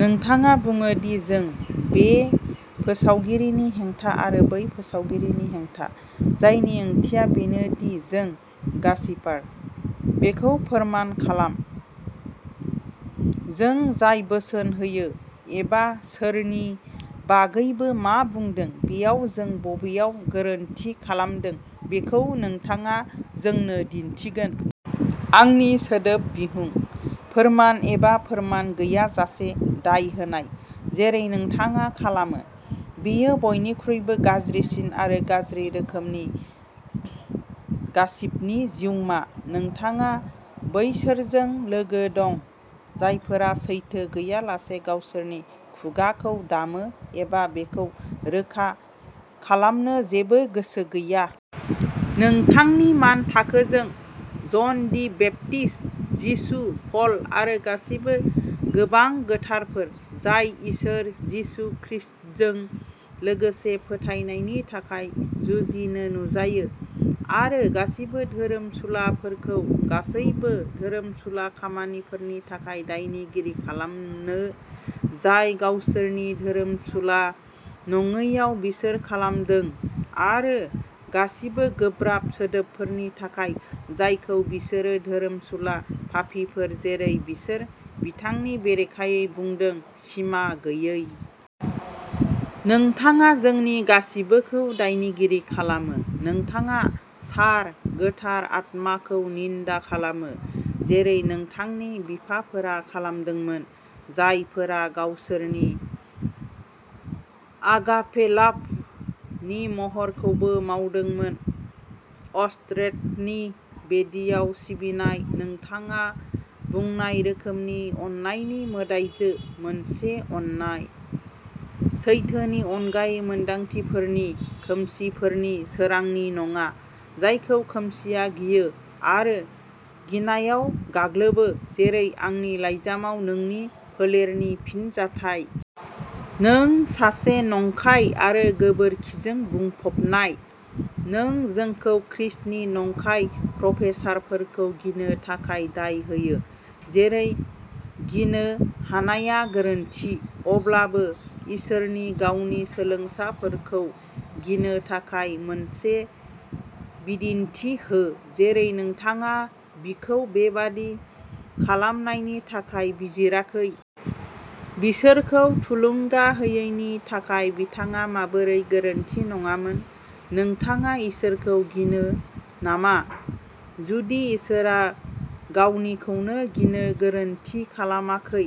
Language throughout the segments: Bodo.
नोंथाङा बुङो दि जों "बे फोसावगिरिनि हेंथा आरो बै फोसावगिरिनि हेंथा", जायनि ओंथिया बेनो दि जों गासिपार। बेखौ फोरमान खालाम। जों जाय बोसोन होयो एबा सोरनि बागैबो मा बुंदों बेयाव जों बबेयाव गोरोन्थि खालामदों बेखौ नोंथाङा जोंनो दिन्थिगोन। आंनि सोदोब बिहुं, फोरमान एबा फोरमान गैयाजासे दाय होनाय, जेरै नोंथाङा खालामो, बेयो बयनिख्रुइबो गाज्रिसिन आरो गाज्रि रोखोमनि गासिपनि जिउमा। नोंथाङा बैसोरजों लोगो दं, जायफोरा सैथो गैयालासे गावसोरनि खुगाखौ दामो एबा बेखौ रोखा खालामनो जेबो गोसो गैया। नोंथांनि मानथाखोजों, जन दि बेप्टिस्ट, जिसु, पल आरो गासिबो गोबां गोथारफोर, जाय इसोर जिसु खृष्टजों लोगोसे फोथायनायनि थाखाय जुजिनो नुजायो "आरो गासिबो धोरोमसुलाफोरखौ गासैबो धोरोमसुला खामानिफोरनि थाखाय दायनिगिरि खालामनो, जाय गावसोरनि धोरोमसुला नङैआव बिसोर खालामदों, आरो गासिबो गोब्राब सोदोबफोरनि थाखाय, जायखौ बिसोरो, धोरोमसुला पापीफोर जेरै बिसोर, बिथांनि बेरेखायै बुंदों" सिमा गैयै। नोंथाङा जोंनि गासिबोखौ दायनिगिरि खालामो। नोंथाङा, सार, गोथार आत्माखौ निन्दा खालामो, जेरै नोंथांनि बिफाफोरा खालामदोंमोन, जायफोरा गावसोरनि "आगापे लाभ" नि महरखौबो मावदोंमोन, अष्टरेथनि बेदियाव सिबिनाय, नोंथाङा बुंनाय रोखोमनि अननायनि मोदाइजो, मोनसे अननाय। सैथोनि अनगायै मोन्दांथिफोरनि, खोमसिफोरनि, सोरांनि नङा, जायखौ खोमसिआ गियो आरो गिनायाव गाग्लोबो, जेरै आंनि लाइजामाव नोंनि फोलेरनि फिनजाथाय। नों सासे नंखाय आरो गोबोरखिजों बुंफबनाय। नों जोंखौ खृष्टनि नंखाय प्रफेसारफोरखौ गिनो थाखाय दाय होयो, जेरै गिनो हानाया गोरोन्थि, अब्लाबो इसोरनि गावनि सोलोंसाफोरखौ गिनो थाखाय मोनसे बिदिन्थि हो, जेरै नोंथाङा बिखौ बेबादि खालामनायनि थाखाय बिजिराखै। बिसोरखौ थुलुंगा होयैनि थाखाय बिथाङा माबोरै गोरोन्थि नङामोन? नोंथाङा इसोरखौ गिनो नामा? जुदि इसोरआ गावनिखौनो गिनो गोरोनथि खालामाखै,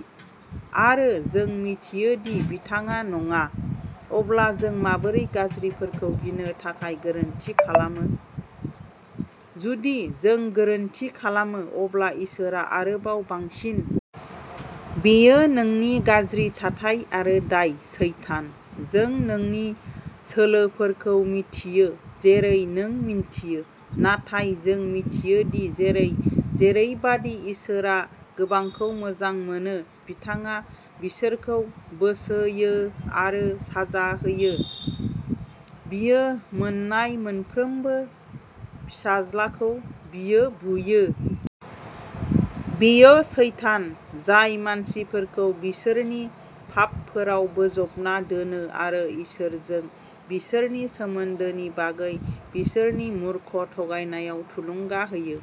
आरो जों मिथियो दि बिथाङा नङा, अब्ला जों माबोरै गाज्रिफोरखौ गिनो थाखाय गोरोन्थि खालामो? जुदि जों गोरोन्थि खालामो, अब्ला इसोरआ आरोबाव बांसिन। बेयो नोंनि गाज्रि थाथाय आरो दाय, सैतान। जों नोंनि सोलोफोरखौ मिथियो, जेरै नों मिन्थियो। नाथाय जों मिथियो दि जेरै जेरैबादि इसोरआ गोबांखौ मोजां मोनो, बिथाङा बिसोरखौ बोसोयो आरो साजा होयो। बियो मोन्नाय मोनफ्रोमबो फिसाज्लाखौ बियो बुयो। बेयो सैतान जाय मानसिफोरखौ बिसोरनि पापफोराव बोजबना दोनो आरो इसोरजों बिसोरनि सोमोन्दोनि बागै बिसोरनि मूर्ख थगायनायाव थुलुंगा होयो।